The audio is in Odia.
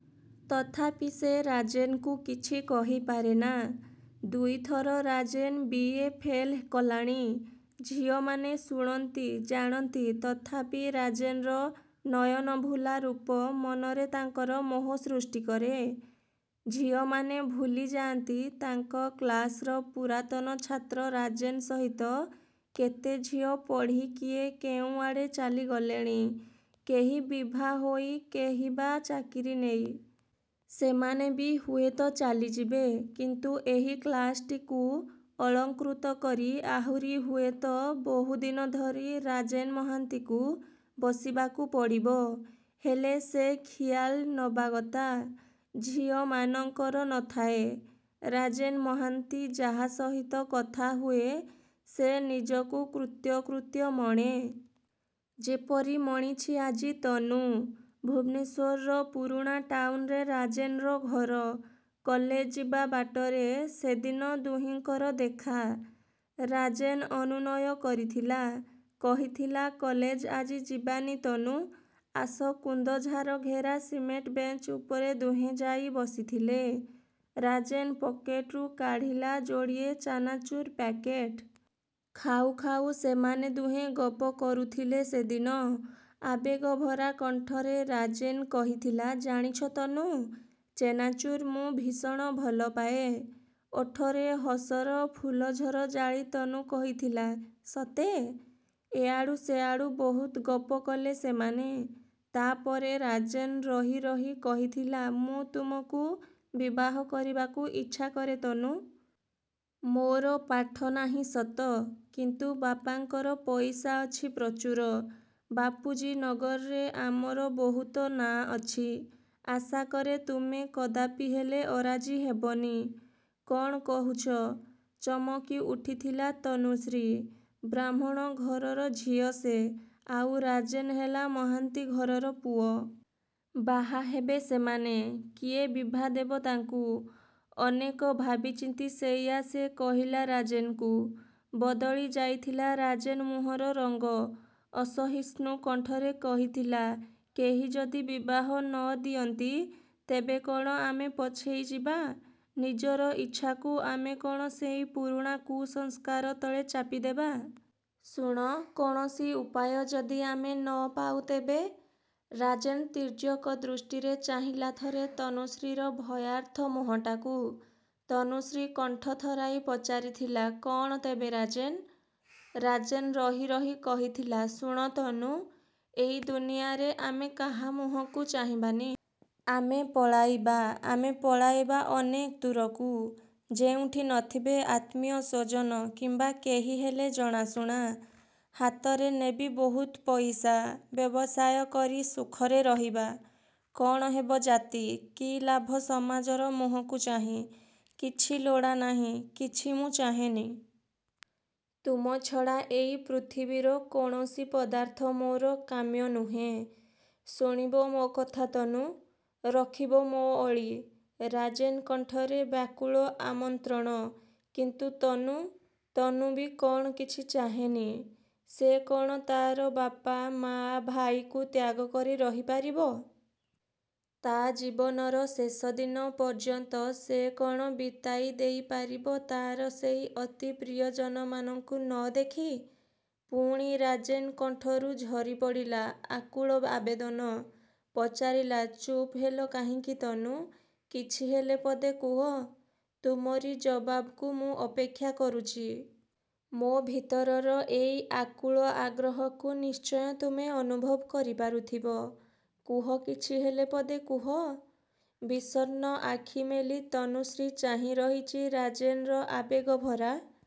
ତଥାପି ସେ ରାଜେନ୍ କୁ କିଛି କହିପାରେନା। ଦୁଇଥର ରାଜେନ୍ ବି. ଏ ଫେଲ୍ କଲାଣି। ଝିଅମାନେ ଶୁଣନ୍ତି, ଜାଣନ୍ତି ତଥାପି ରାଜେନର ନୟନଭୁଲା ରୂପ ମନରେ ତାଙ୍କର ମୋହ ସୃଷ୍ଟି କରେ। ଝିଅମାନେ ଭୁଲିଯାଆନ୍ତି ତାଙ୍କ କ୍ଲାସର ପୁରାତନ ଛାତ୍ର ରାଜେନ୍ ସହିତ କେତେ ଝିଅ ପଢ଼ି କିଏ କେଉଁଆଡ଼େ ଚାଲି ଗଲେଣି, କେହି ବିଭା ହୋଇ, କେହିବା ଚାକିରି ନେଇ। ସେମାନେ ବି ହୁଏତ ଚାଲିଯିବେ, କିନ୍ତୁ ଏହି କ୍ଲାସଟିକୁ ଅଳଙ୍କୃତ କରି ଆହୁରି ହୁଏତ ବହୁଦିନ ଧରି ରାଜେନ୍ ମହାନ୍ତିକୁ ବସିବାକୁ ପଡ଼ିବ। ହେଲେ ସେ ଖିଆଲ ନବାଗତା। ଝିଅମାନଙ୍କର ନ ଥାଏ। ରାଜେନ୍ ମହାନ୍ତି ଯାହା ସହିତ କଥା ହୁଏ। ସେ ନିଜକୁ କୃତ୍ୟକୃତ୍ୟ ମଣେ। ଯେପରି ମଣିଛି ଆଜି ତନୁ। ଭୁବନେଶ୍ୱରର ପୁରୁଣା ଟାଉନରେ ରାଜେନ୍ ର ଘର। କଲେଜ ଯିବା ବାଟରେ ସେଦିନ ଦୁହିଁଙ୍କର ଦେଖା। ରାଜେନ୍ ଅନୁନୟ କରିଥିଲା, କହିଥିଲା କଲେଜ ଆଜି ଯିବାନି ତନୁ। ଆସ, କୁନ୍ଦଝାଡ଼ଘେରା ସିମେଣ୍ଟ ବେଞ୍ଚ ଉପରେ ଦୁହେଁଯାଇ ବସିଥିଲେ। ରାଜେନ୍ ପକେଟରୁ କାଢ଼ିଲା ଯୋଡ଼ିଏ ଚାନାଚୂର ପ୍ୟାକେଟ୍। ଖାଉ ଖାଉ ସେମାନେ ଦୁହେଁ ଗପ କରୁଥିଲେ ସେଦିନ। ଆବେଗଭରା କଣ୍ଠରେ ରାଜେନ୍ କହିଥିଲା ଜାଣିଛ ତନୁ, ଚେନାଚୁର୍ ମୁଁ ଭୀଷଣ ଭଲପାଏ। ଓଠରେ ହସର ଫୁଲଝର ଜାଳି ତନୁ କହିଥିଲା ସତେ! ଏଆଡ଼ୁ ସେଆଡ଼ୁ ବହୁତ ଗପ କଲେ ସେମାନେ। ତା'ପରେ ରାଜେନ୍ ରହି ରହି କହିଥିଲା ମୁଁ ତୁମକୁ ବିବାହ କରିବାକୁ ଇଚ୍ଛାକରେ ତନୁ। ମୋର ପାଠନାହିଁ ସତ, କିନ୍ତୁ ବାପାଙ୍କର ପଇସା ଅଛି ପ୍ରଚୁର। ବାପୁଜୀ ନଗରରେ ଆମର ବହୁତ ନାଁ ଅଛି। ଆଶାକରେ ତୁମେ କଦାପି ହେଲେ ଅରାଜି ହେବନି। କ'ଣ କହୁଛ? ଚମକିଉଠିଥିଲା ତନୁଶ୍ରୀ। ବ୍ରାହ୍ମଣ ଘରର ଝିଅ ସେ! ଆଉ ରାଜେନ୍ ହେଲା ମହାନ୍ତି ଘରର ପୁଅ। ବାହାହେବେ ସେମାନେ! କିଏ ବିଭା ଦେବ ତାଙ୍କୁ? ଅନେକ ଭାବିଚିନ୍ତି ସେଇଆ ସେ କହିଲା ରାଜେନ୍ କୁ। ବଦଳି ଯାଇଥିଲା ରାଜେନ୍ ମୁହଁର ରଙ୍ଗ ଅସହିଷ୍ଣୁ କଣ୍ଠରେ କହିଥିଲା କେହି ଯଦି ବିବାହ ନ ଦିଅନ୍ତି, ତେବେ କ'ଣ ଆମେ ପଛେଇଯିବା? ନିଜର ଇଚ୍ଛାକୁ ଆମେ କ'ଣ ସେଇ ପୁରୁଣା କୁସଂସ୍କାର ତଳେ ଚାପିଦେବା? ଶୁଣ, କୌଣସି ଉପାୟ ଯଦି ଆମେ ନପାଉ ତେବେ। ରାଜେନ୍ ତୀର୍ଯ୍ୟକ ଦୃଷ୍ଟିରେ ଚାହିଁଲା ଥରେ ତନୁଶ୍ରୀର ଭୟାର୍ତ୍ତ ମୁହଁଟାକୁ। ତନୁଶ୍ରୀ କଣ୍ଠ ଥରାଇ ପଚାରିଥିଲା କ'ଣ ତେବେ ରାଜେନ୍? ରାଜେନ୍ ରହି ରହି କହିଥିଲା ଶୁଣ ତନୁ, ଏଇ ଦୁନିଆରେ ଆମେ କାହା ମୁହଁକୁ ଚାହିଁବାନି। ଆମେ ପଳାଇବା। ଆମେ ପଳାଇବା ଅନେକ ଦୂରକୁ। ଯେଉଁଠି ନଥିବେ ଆତ୍ମୀୟସ୍ୱଜନ କିମ୍ୱା କେହିହେଲେ ଜଣାଶୁଣା। ହାତରେ ନେବି ବହୁତ ପଇସା। ବ୍ୟବସାୟ କରି ସୁଖରେ ରହିବା। କ'ଣ ହେବ ଜାତି, କି ଲାଭ ସମାଜର ମୁହଁକୁ ଚାହିଁ। କିଛି ଲୋଡ଼ାନାହିଁ। କିଛି ମୁଁ ଚାହେଁନି। ତୁମ ଛଡ଼ା ଏଇ ପୃଥିବୀର କୌଣସି ପଦାର୍ଥ ମୋର କାମ୍ୟ ନୁହେଁ। ଶୁଣିବ ମୋ କଥା ତନୁ? ରଖିବ ମୋ ଅଳି? ରାଜେନ୍ କଣ୍ଠରେ ବ୍ୟାକୁଳ ଆମନ୍ତ୍ରଣ। କିନ୍ତୁ ତନୁ? ତନୁ ବି କ'ଣ କିଛି ଚାହେଁନି? ସେ କ'ଣ ତା'ର ବାପା, ମାଆ. ଭାଇଙ୍କୁ ତ୍ୟାଗକରି ରହିପାରିବ? ତା' ଜୀବନର ଶେଷଦିନ ପର୍ଯ୍ୟନ୍ତ ସେ କ'ଣ ବିତାଇ ଦେଇପାରିବ ତା'ର ସେଇ ଅତି ପ୍ରିୟଜନମାନଙ୍କୁ ନ ଦେଖି? ପୁଣି ରାଜେନ୍ କଣ୍ଠରୁ ଝରିପଡ଼ିଲା ଆକୁଳ ଆବେଦନ। ପଚାରିଲା ଚୁପ୍ ହେଲ କାହିଁକି ତନୁ? କିଛିହେଲେ ପଦେ କୁହ। ତୁମରି ଜବାବ୍ କୁ ମୁଁ ଅପେକ୍ଷା କରୁଛି। ମୋ ଭିତରର ଏଇ ଆକୁଳ ଆଗ୍ରହକୁ ନିଶ୍ଚୟ ତୁମେ ଅନୁଭବ କରିପାରୁଥିବ। କୁହ କିଛି ହେଲେ ପଦେ କୁହ! ବିଷନ୍ନ ଆଖି ମେଲି ତନୁଶ୍ରୀ ଚାହିଁ ରହିଛି ରାଜେନ୍ ର ଆବେଗଭରା